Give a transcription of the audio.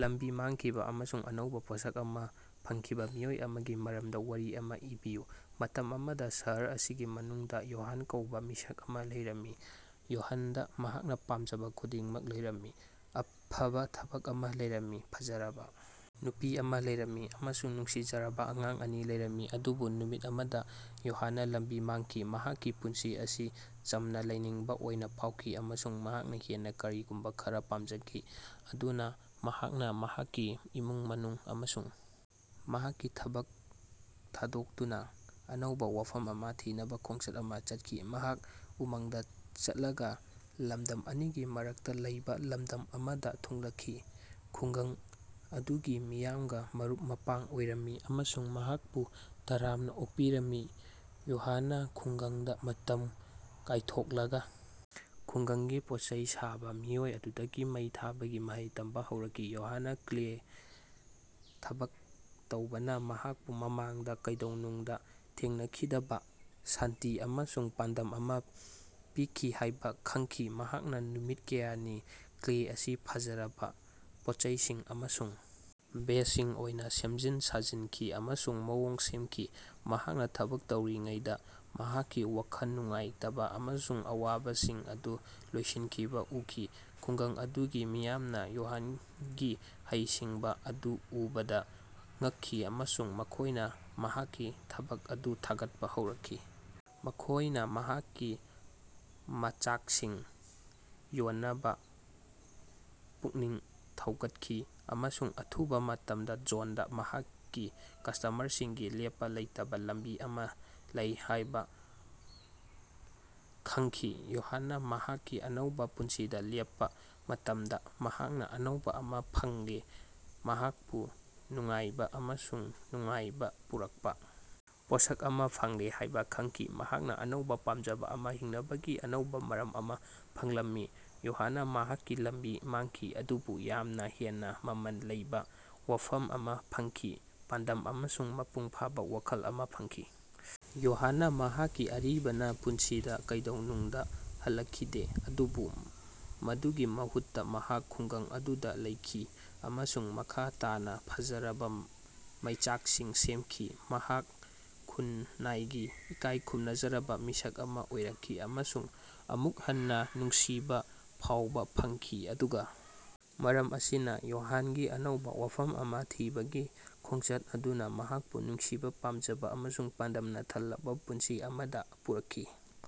ꯂꯝꯕꯤ ꯃꯥꯡꯈꯤꯕ ꯑꯃꯁꯨꯡ ꯑꯅꯧꯕ ꯄꯣꯠꯁꯛ ꯑꯃ ꯐꯪꯈꯤꯕ ꯃꯤꯑꯣꯏ ꯑꯃꯒꯤ ꯃꯔꯝꯗ ꯋꯥꯔꯤ ꯑꯃ ꯏꯕꯤꯌꯨ꯫ ꯃꯇꯝ ꯑꯃꯗ ꯁꯍꯔ ꯑꯁꯤꯒꯤ ꯃꯅꯨꯡꯗ ꯌꯣꯍꯟ ꯀꯧꯕ ꯃꯤꯁꯛ ꯑꯃ ꯂꯩꯔꯝꯃꯤ꯫ ꯌꯣꯍꯟꯗ ꯃꯍꯥꯛꯅ ꯄꯥꯝꯖꯕ ꯈꯨꯗꯤꯡꯃꯛ ꯂꯩꯔꯝꯃꯤ, ꯑꯐꯕ ꯊꯕꯛ ꯑꯃ ꯂꯩꯔꯝꯃꯤ, ꯐꯖꯔꯕ ꯅꯨꯄꯤ ꯑꯃ ꯂꯩꯔꯝꯃꯤ ꯑꯃꯁꯨꯡ ꯅꯨꯡꯁꯤꯖꯔꯕ ꯑꯉꯥꯡ ꯑꯅꯤ ꯂꯩꯔꯝꯃꯤ꯫ ꯑꯗꯨꯕꯨ ꯅꯨꯃꯤꯠ ꯑꯃꯗ ꯌꯣꯍꯟꯅ ꯂꯝꯕꯤ ꯃꯥꯡꯈꯤ꯫ ꯃꯍꯥꯛꯀꯤ ꯄꯨꯟꯁꯤ ꯑꯁꯤ ꯆꯝꯅ ꯂꯩꯅꯤꯡꯕ ꯑꯣꯏꯅ ꯐꯥꯎꯈꯤ ꯑꯃꯁꯨꯡ ꯃꯍꯥꯛꯅ ꯍꯦꯟꯅ ꯀꯔꯤꯒꯨꯝꯕ ꯈꯔ ꯄꯥꯝꯖꯈꯤ꯫ ꯑꯗꯨꯅ ꯃꯍꯥꯛꯅ ꯃꯍꯥꯛꯀꯤ ꯏꯃꯨꯡ ꯃꯅꯨꯡ ꯑꯃꯁꯨꯡ ꯃꯍꯥꯛꯀꯤ ꯊꯕꯛ ꯊꯥꯗꯣꯛꯇꯨꯅ ꯑꯅꯧꯕ ꯋꯥꯐꯝ ꯑꯃ ꯊꯤꯅꯕ ꯈꯣꯡꯆꯠ ꯑꯃ ꯆꯠꯈꯤ꯫ ꯃꯍꯥꯛ ꯎꯃꯪꯗ ꯆꯠꯂꯒ ꯂꯃꯗꯝ ꯑꯅꯤꯒꯤ ꯃꯔꯛꯇ ꯂꯩꯕ ꯂꯝꯗꯝ ꯑꯃꯗ ꯊꯨꯡꯂꯈꯤ꯫ ꯈꯨꯡꯒꯪ ꯑꯗꯨꯒꯤ ꯃꯤꯌꯥꯝꯒ ꯃꯔꯨꯞ-ꯃꯄꯥꯡ ꯑꯣꯏꯔꯝꯃꯤ ꯑꯃꯁꯨꯡ ꯃꯍꯥꯛꯄꯨ ꯇꯔꯥꯝꯅ ꯑꯣꯛꯄꯤꯔꯝꯃꯤ꯫ ꯌꯣꯍꯟꯅ ꯈꯨꯡꯒꯪꯗ ꯃꯇꯝ ꯀꯥꯏꯊꯣꯛꯂꯒ ꯈꯨꯡꯒꯪꯒꯤ ꯄꯣꯠꯆꯩ ꯁꯥꯕ ꯃꯤꯑꯣꯏ ꯑꯗꯨꯗꯒꯤ ꯃꯩ ꯊꯥꯕꯒꯤ ꯃꯍꯩ ꯇꯝꯕ ꯍꯧꯔꯛꯈꯤ꯫ ꯌꯣꯍꯟꯅ ꯀ꯭ꯂꯦꯅ ꯊꯕꯛ ꯇꯧꯕꯅ ꯃꯍꯥꯛꯄꯨ ꯃꯃꯥꯡꯗ ꯀꯩꯗꯧꯅꯨꯡꯗ ꯊꯦꯡꯅꯈꯤꯗꯕ ꯁꯥꯟꯇꯤ ꯑꯃꯁꯨꯡ ꯄꯥꯟꯗꯝ ꯑꯃ ꯄꯤꯈꯤ ꯍꯥꯏꯕ ꯈꯪꯈꯤ꯫ ꯃꯍꯥꯛꯅ ꯅꯨꯃꯤꯠ ꯀꯌꯥꯅꯤ ꯀ꯭ꯂꯦ ꯑꯁꯤ ꯐꯖꯔꯕ ꯄꯣꯠꯆꯩꯁꯤꯡ ꯑꯃꯁꯨꯡ ꯚꯦꯖꯁꯤꯡ ꯑꯣꯏꯅ ꯁꯦꯝꯖꯤꯟ ꯁꯥꯖꯤꯟꯈꯤ ꯑꯃꯁꯨꯡ ꯃꯑꯣꯡ ꯁꯦꯝꯈꯤ꯫ ꯃꯍꯥꯛꯅ ꯊꯕꯛ ꯇꯧꯔꯤꯉꯩꯗ ꯃꯍꯥꯛꯀꯤ ꯋꯥꯈꯜ ꯅꯨꯡꯉꯥꯏꯇꯕ ꯑꯃꯁꯨꯡ ꯑꯋꯥꯕꯁꯤꯡ ꯑꯗꯨ ꯂꯣꯏꯁꯤꯟꯈꯤꯕ ꯎꯈꯤ꯫ ꯈꯨꯡꯒꯪ ꯑꯗꯨꯒꯤ ꯃꯤꯌꯥꯝꯅ ꯌꯣꯍꯟꯒꯤ ꯍꯩꯁꯤꯡꯕ ꯑꯗꯨ ꯎꯕꯗ ꯉꯛꯈꯤ ꯑꯃꯁꯨꯡ ꯃꯈꯣꯏꯅ ꯃꯍꯥꯛꯀꯤ ꯊꯕꯛ ꯑꯗꯨ ꯊꯥꯒꯠꯄ ꯍꯧꯔꯛꯈꯤ꯫ ꯃꯈꯣꯏꯅ ꯃꯍꯥꯛꯀꯤ ꯃꯆꯥꯛꯁꯤꯡ ꯌꯣꯟꯅꯕ ꯄꯨꯛꯅꯤꯡ ꯊꯧꯒꯠꯈꯤ ꯑꯃꯁꯨꯡ ꯑꯊꯨꯕ ꯃꯇꯝꯗ ꯖꯣꯟꯗ ꯃꯍꯥꯛꯀꯤ ꯀꯁ꯭ꯇꯃꯔꯁꯤꯡꯒꯤ ꯂꯦꯞꯄ ꯂꯩꯇꯕ ꯂꯝꯕꯤ ꯑꯃ ꯂꯩ ꯍꯥꯏꯕ ꯈꯪꯈꯤ꯫ꯌꯣꯍꯟꯅ ꯃꯍꯥꯛꯀꯤ ꯑꯅꯧꯕ ꯄꯨꯟꯁꯤꯗ ꯂꯦꯞꯄ ꯃꯇꯝꯗ ꯃꯍꯥꯛꯅ ꯑꯅꯧꯕ ꯑꯃ ꯐꯪꯂꯦ, ꯃꯍꯥꯛꯄꯨ ꯅꯨꯡꯉꯥꯏꯕ ꯑꯃꯁꯨꯡ ꯅꯨꯡꯉꯥꯏꯕ ꯄꯨꯔꯛꯄ ꯄꯣꯠꯁꯛ ꯑꯃ ꯐꯪꯂꯦ ꯍꯥꯏꯕ ꯈꯪꯈꯤ꯫ ꯃꯍꯥꯛꯅ ꯑꯅꯧꯕ ꯄꯥꯝꯖꯕ ꯑꯃ, ꯍꯤꯡꯅꯕꯒꯤ ꯑꯅꯧꯕ ꯃꯔꯝ ꯑꯃ ꯐꯪꯂꯝꯃꯤ꯫ ꯌꯣꯍꯟꯅ ꯃꯍꯥꯛꯀꯤ ꯂꯝꯕꯤ ꯃꯥꯡꯈꯤ ꯑꯗꯨꯕꯨ ꯌꯥꯝꯅ ꯍꯦꯟꯅ ꯃꯃꯜ ꯂꯩꯕ ꯋꯥꯐꯝ ꯑꯃ ꯐꯪꯈꯤ, ꯄꯥꯟꯗꯝ ꯑꯃꯁꯨꯡ ꯃꯄꯨꯡ ꯐꯥꯕ ꯋꯥꯈꯜ ꯑꯃ ꯐꯪꯈꯤ꯫ ꯌꯣꯍꯟꯅ ꯃꯍꯥꯛꯀꯤ ꯑꯔꯤꯕ ꯄꯨꯟꯁꯤꯗ ꯀꯩꯗꯧꯅꯨꯡꯗ ꯍꯜꯂꯛꯈꯤꯗꯦ ꯑꯗꯨꯕꯨ ꯃꯗꯨꯒꯤ ꯃꯍꯨꯠꯇ ꯃꯍꯥꯛ ꯈꯨꯡꯒꯪ ꯑꯗꯨꯗ ꯂꯩꯈꯤ ꯑꯃꯁꯨꯡ ꯃꯈꯥ ꯇꯥꯅ ꯐꯖꯔꯕ ꯃꯩꯆꯥꯛꯁꯤꯡ ꯁꯦꯃꯈꯤ꯫ ꯃꯍꯥꯛ ꯈꯨꯟꯅꯥꯏꯒꯤ ꯏꯀꯥꯏ ꯈꯨꯝꯅꯖꯔꯕ ꯃꯤꯁꯛ ꯑꯃ ꯑꯣꯏꯔꯛꯈꯤ ꯑꯃꯁꯨꯡ ꯑꯃꯨꯛ ꯍꯟꯅ ꯅꯨꯡꯁꯤꯕ ꯐꯥꯎꯕ ꯐꯪꯈꯤ꯫ ꯑꯗꯨꯒ ꯃꯔꯝ ꯑꯁꯤꯅ, ꯌꯣꯍꯟꯒꯤ ꯑꯅꯧꯕ ꯋꯥꯐꯝ ꯑꯃ ꯊꯤꯕꯒꯤ ꯈꯣꯡꯆꯠ ꯑꯗꯨꯅ ꯃꯍꯥꯛꯄꯨ ꯅꯨꯡꯁꯤꯕ, ꯄꯥꯝꯖꯕ ꯑꯃꯁꯨꯡ ꯄꯥꯟꯗꯝꯅ ꯊꯜꯂꯕ ꯄꯨꯟꯁꯤ ꯑꯃꯗ ꯄꯨꯔꯛꯈꯤ꯫